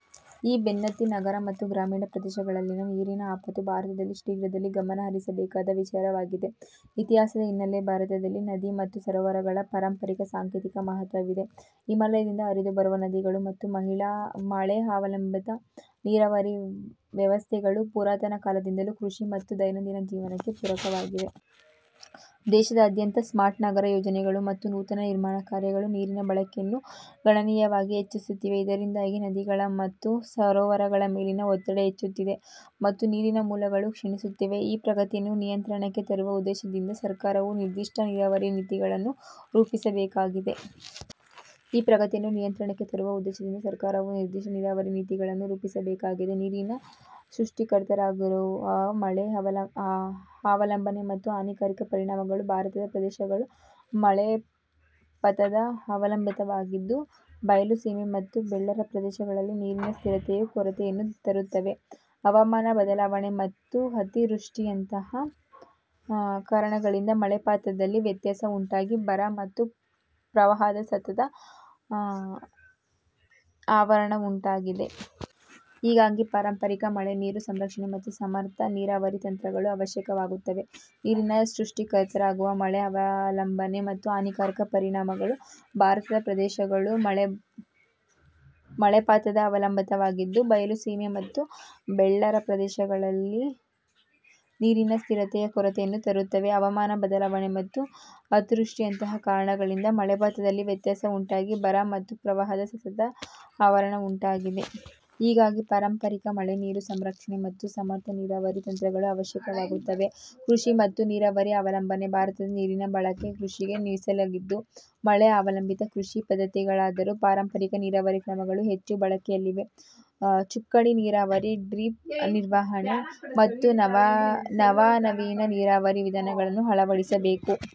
ಈ ಬೆನ್ನತ್ತಿ, ನಗರ ಮತ್ತು ಗ್ರಾಮೀಣ ಪ್ರದೇಶಗಳಲ್ಲಿನ ನೀರಿನ ಆಪತ್ತು ಭಾರತದಲ್ಲಿ ಶೀಘ್ರದಲ್ಲಿ ಗಮನಹರಿಸಬೇಕಾದ ವಿಚಾರವಾಗಿದೆ. ಇತಿಹಾಸದ ಹಿನ್ನಲೆ ಭಾರತದಲ್ಲಿ ನದಿ ಮತ್ತು ಸರೋವರಗಳ ಪಾರಂಪರಿಕ ಸಾಂಕೇತಿಕ ಮಹತ್ವವಿದೆ. ಹಿಮಾಲಯದಿಂದ ಹರಿದು ಬರುವ ನದಿಗಳು ಮತ್ತು ಮಳೆ ಅವಲಂಬಿತ ನೀರಾವರಿ ವ್ಯವಸ್ಥೆಗಳು ಪುರಾತನ ಕಾಲದಿಂದಲೂ ಕೃಷಿ ಮತ್ತು ದೈನಂದಿನ ಜೀವನಕ್ಕೆ ಪೂರಕವಾಗಿವೆ. ದೇಶಾದ್ಯಂತ ಸ್ಮಾರ್ಟ್ ನಗರ ಯೋಜನೆಗಳು ಮತ್ತು ನೂತನ ನಿರ್ಮಾಣ ಕಾರ್ಯಗಳು ನೀರಿನ ಬಳಕೆಯನ್ನು ಗಣನೀಯವಾಗಿ ಹೆಚ್ಚಿಸುತ್ತಿವೆ. ಇದರಿಂದಾಗಿ ನದಿಗಳ ಮತ್ತು ಸರೋವರಗಳ ಮೇಲಿನ ಒತ್ತಡ ಹೆಚ್ಚುತ್ತಿದೆ, ಮತ್ತು ನೀರಿನ ಮೂಲಗಳು ಕ್ಷೀಣಿಸುತ್ತಿವೆ. ಈ ಪ್ರಗತಿಯನ್ನು ನಿಯಂತ್ರಣಕ್ಕೆ ತರುವ ಉದ್ದೇಶದಿಂದ ಸರಕಾರವು ನಿರ್ದಿಷ್ಟ ನೀರಾವರಿ ನೀತಿಗಳನ್ನು ರೂಪಿಸಬೇಕಾಗಿದೆ. ಈ ಪ್ರಗತಿಯನ್ನು ನಿಯಂತ್ರಣಕ್ಕೆ ತರುವ ಉದ್ದೇಶದಿಂದ ಸರಕಾರವು ನಿರ್ದಿಷ್ಟ ನೀರಾವರಿ ನೀತಿಗಳನ್ನು ರೂಪಿಸಬೇಕಾಗಿದೆ. ನೀರಿನ ಸೃಷ್ಟಿಕರ್ತರಾಗುವ ಮಳೆ ಅವಲಂಬನೆ ಮತ್ತು ಹಾನಿಕಾರಕ ಪರಿಣಾಮಗಳು ಭಾರತದ ಪ್ರದೇಶಗಳು ಮಳೆಪಾತದ ಅವಲಂಬಿತವಾಗಿದ್ದು, ಬಾಯಲುಸೀಮೆ ಮತ್ತು ಬೆಳ್ಳಾರ ಪ್ರದೇಶಗಳಲ್ಲಿ ನೀರಿನ ಸ್ಥಿರತೆಯ ಕೊರತೆಯನ್ನು ತರುತ್ತವೆ. ಹವಾಮಾನ ಬದಲಾವಣೆ ಮತ್ತು ಅತಿವೃಷ್ಟಿಯಂತಹ ಕಾರಣಗಳಿಂದ ಮಳೆಪಾತದಲ್ಲಿ ವ್ಯತ್ಯಾಸ ಉಂಟಾಗಿ ಬರ ಮತ್ತು ಪ್ರವಾಹದ ಸತತ ಆವರಣವುಂಟಾಗಿದೆ. ಹೀಗಾಗಿ, ಪಾರಂಪರಿಕ ಮಳೆನೀರು ಸಂರಕ್ಷಣೆ ಮತ್ತು ಸಮರ್ಥ ನೀರಾವರಿ ತಂತ್ರಗಳು ಅವಶ್ಯವಾಗುತ್ತವೆ. ನೀರಿನ ಸೃಷ್ಟಿಕರ್ತರಾಗುವ ಮಳೆ ಅವಲಂಬನೆ ಮತ್ತು ಹಾನಿಕಾರಕ ಪರಿಣಾಮಗಳು ಭಾರತದ ಪ್ರದೇಶಗಳು ಮಳೆಪಾತದ ಅವಲಂಬಿತವಾಗಿದ್ದು, ಬಾಯಲುಸೀಮೆ ಮತ್ತು ಬೆಳ್ಳಾರ ಪ್ರದೇಶಗಳಲ್ಲಿ ನೀರಿನ ಸ್ಥಿರತೆಯ ಕೊರತೆಯನ್ನು ತರುತ್ತವೆ. ಹವಾಮಾನ ಬದಲಾವಣೆ ಮತ್ತು ಅತಿವೃಷ್ಟಿಯಂತಹ ಕಾರಣಗಳಿಂದ ಮಳೆಪಾತದಲ್ಲಿ ವ್ಯತ್ಯಾಸ ಉಂಟಾಗಿ ಬರ ಮತ್ತು ಪ್ರವಾಹದ ಸತತ ಆವರಣವುಂಟಾಗಿದೆ. ಹೀಗಾಗಿ, ಪಾರಂಪರಿಕ ಮಳೆನೀರು ಸಂರಕ್ಷಣೆ ಮತ್ತು ಸಮರ್ಥ ನೀರಾವರಿ ತಂತ್ರಗಳು ಅವಶ್ಯವಾಗುತ್ತವೆ. ಕೃಷಿ ಮತ್ತು ನೀರಾವರಿ ಅವಲಂಬನೆ ಭಾರತದ ನೀರಿನ ಬಳಕೆ ಕೃಷಿಗೆ ಮೀಸಲಾಗಿದ್ದು, ಮಳೆ ಅವಲಂಬಿತ ಕೃಷಿ ಪದ್ಧತಿಗಳಾದರೂ ಪಾರಂಪರಿಕ ನೀರಾವರಿ ಕ್ರಮಗಳು ಹೆಚ್ಚು ಬಳಕೆಯಲ್ಲಿವೆ. ಚುಕ್ಕಾಣಿ ನೀರಾವರಿ, ಡ್ರಿಪ್ ನಿರ್ವಹಣೆ, ಮತ್ತು ನವನವೀನ ನೀರಾವರಿ ವಿಧಾನಗಳನ್ನು ಅಳವಡಿಸಬೇಕು.